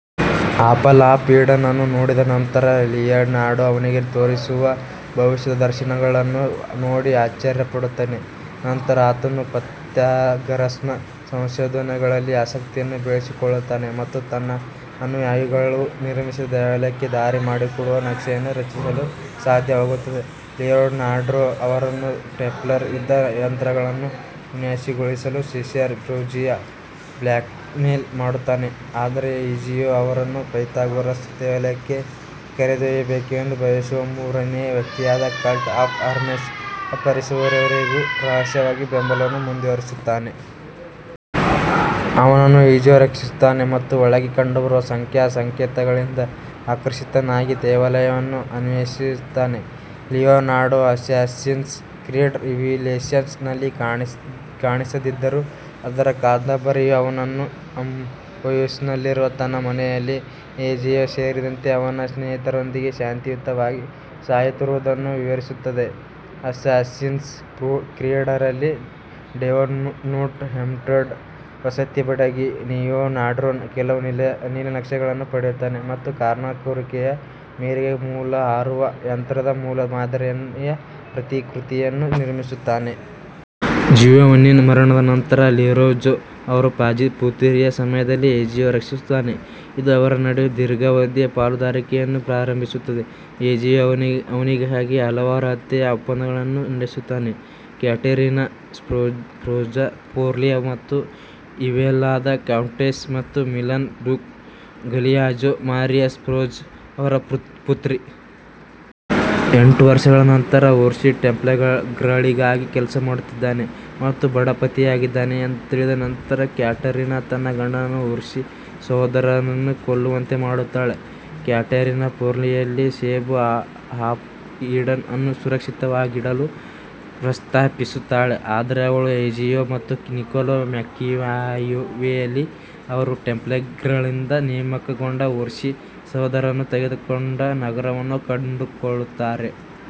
Apple of Eden ಅನ್ನು ನೋಡಿದ ನಂತರ, ಲಿಯೊನಾರ್ಡೊ ಅವನಿಗೆ ತೋರಿಸುವ ಭವಿಷ್ಯದ ದರ್ಶನಗಳನ್ನು ನೋಡಿ ಆಶ್ಚರ್ಯ ಪಡುತ್ತಾನೆ. ನಂತರ ಆತನು ಪೈಥಾಗರಸ್ನ ಸಂಶೋಧನೆಗಳಲ್ಲಿ ಆಸಕ್ತಿಯನ್ನು ಬೆಳೆಸಿಕೊಳ್ಳುತ್ತಾನೆ ಮತ್ತು ತನ್ನ ಅನುಯಾಯಿಗಳು ನಿರ್ಮಿಸಿದ ದೇವಾಲಯಕ್ಕೆ ದಾರಿ ಮಾಡಿಕೊಡುವ ನಕ್ಷೆಯನ್ನು ರಚಿಸಲು ಸಾಧ್ಯವಾಗುತ್ತದೆ. ಲಿಯೊನಾರ್ಡೊ ಅವರನ್ನು ಟೆಂಪ್ಲರ್ ಯುದ್ಧ ಯಂತ್ರಗಳನ್ನು ವಿನ್ಯಾಸಗೊಳಿಸಲು ಸಿಸೇರ್ ಬೋರ್ಜಿಯಾ ಬ್ಲ್ಯಾಕ್ಮೇಲ್ ಮಾಡುತ್ತಾನೆ, ಆದರೆ ಇಝಿಯೊ ಅವರನ್ನು ಪೈಥಾಗರಸ್ ದೇವಾಲಯಕ್ಕೆ ಕರೆದೊಯ್ಯಬೇಕೆಂದು ಬಯಸುವ ಮೂರನೇ ವ್ಯಕ್ತಿಯಾದ ಕಲ್ಟ್ ಆಫ್ ಹರ್ಮೆಸ್ ಅಪಹರಿಸುವವರೆಗೆ ರಹಸ್ಯವಾಗಿ ಬೆಂಬಲವನ್ನು ಮುಂದುವರಿಸುತ್ತಾನೆ. ಅವನನ್ನು ಈಜಿಯೊ ರಕ್ಷಿಸುತ್ತಾನೆ ಮತ್ತು ಒಳಗೆ ಕಂಡುಬರುವ ಸಂಖ್ಯಾ ಸಂಕೇತಗಳಿಂದ ಆಕರ್ಷಿತನಾಗಿ ದೇವಾಲಯವನ್ನು ಅನ್ವೇಷಿಸುತ್ತಾನೆ. ಲಿಯೊನಾರ್ಡೊ ಅಸ್ಸಾಸಿನ್ಸ್ ಕ್ರೀಡ್ಃ ರಿವಿಲೇಷನ್ಸ್ ನಲ್ಲಿ ಕಾಣಿಸದಿದ್ದರೂ, ಅದರ ಕಾದಂಬರಿಯು ಅವನನ್ನು ಅಂಬೋಯಿಸ್ನಲ್ಲಿರುವ ತನ್ನ ಮನೆಯಲ್ಲಿ, ಎಜಿಯೊ ಸೇರಿದಂತೆ ಅವನ ಸ್ನೇಹಿತರೊಂದಿಗೆ ಶಾಂತಿಯುತವಾಗಿ ಸಾಯುತ್ತಿರುವುದನ್ನು ವಿವರಿಸುತ್ತದೆ. ಅಸ್ಸಾಸಿನ್ಸ್ ಕ್ರೀಡ್ ರಲ್ಲಿ, ಡೇವನ್ಪೋರ್ಟ್ ಹೋಮ್ಸ್ಟೆಡ್ನ ವಸತಿ ಬಡಗಿ ಲಿಯೊನಾರ್ಡೊನ ಕೆಲವು ನೀಲನಕ್ಷೆಗಳನ್ನು ಪಡೆಯುತ್ತಾನೆ ಮತ್ತು ಕಾನರ್ನ ಕೋರಿಕೆಯ ಮೇರೆಗೆ, ಮೂಲ ಹಾರುವ ಯಂತ್ರದ ಮೂಲಮಾದರಿಯ ಪ್ರತಿಕೃತಿಯನ್ನು ನಿರ್ಮಿಸುತ್ತಾನೆ. ಜಿಯೋವನ್ನಿನ ಮರಣದ ನಂತರ, ಲೊರೆಂಜೊ ಅವರನ್ನು ಪಾಜಿ ಪಿತೂರಿಯ ಸಮಯದಲ್ಲಿ ಎಜಿಯೊ ರಕ್ಷಿಸುತ್ತಾನೆ, ಇದು ಅವರ ನಡುವೆ ದೀರ್ಘಾವಧಿಯ ಪಾಲುದಾರಿಕೆಯನ್ನು ಪ್ರಾರಂಭಿಸುತ್ತದೆ, ಎಜಿಯೊ ಅವನಿಗಾಗಿ ಹಲವಾರು ಹತ್ಯೆಯ ಒಪ್ಪಂದಗಳನ್ನು ನಡೆಸುತ್ತಾನೆ. ಕ್ಯಾಟೆರಿನಾ ಸ್ಫೋರ್ಜಾ ಫೋರ್ಲಿ ಮತ್ತು ಇಮೋಲಾದ ಕೌಂಟೆಸ್ ಮತ್ತು Milan duke Galeazzo Maria Sforza ಅವರ ಪುತ್ರಿ. ಎಂಟು ವರ್ಷಗಳ ನಂತರ, ಓರ್ಸಿ ಟೆಂಪ್ಲರ್ಗಳಿಗಾಗಿ ಕೆಲಸ ಮಾಡುತ್ತಿದ್ದಾನೆ ಮತ್ತು ಬಡ ಪತಿಯಾಗಿದ್ದಾನೆ ಎಂದು ತಿಳಿದ ನಂತರ ಕ್ಯಾಟರಿನಾ ತನ್ನ ಗಂಡನನ್ನು ಓರ್ಸಿ ಸಹೋದರರು ಕೊಲ್ಲುವಂತೆ ಮಾಡುತ್ತಾಳೆ. ಕ್ಯಾಟೆರಿನಾ ಫೋರ್ಲಿಯಲ್ಲಿ ಸೇಬು ಆಫ್ ಈಡನ್ ಅನ್ನು ಸುರಕ್ಷಿತವಾಗಿಡಲು ಪ್ರಸ್ತಾಪಿಸುತ್ತಾಳೆ, ಆದರೆ ಅವಳು, ಎಜಿಯೊ ಮತ್ತು ನಿಕೊಲೊ ಮ್ಯಾಕಿಯಾವೆಲ್ಲಿ ಅವರು ಟೆಂಪ್ಲರ್ಗಳಿಂದ ನೇಮಕಗೊಂಡ ಓರ್ಸಿ ಸಹೋದರರು ತೆಗೆದುಕೊಂಡ ನಗರವನ್ನು ಕಂಡುಕೊಳ್ಳುತ್ತಾರೆ.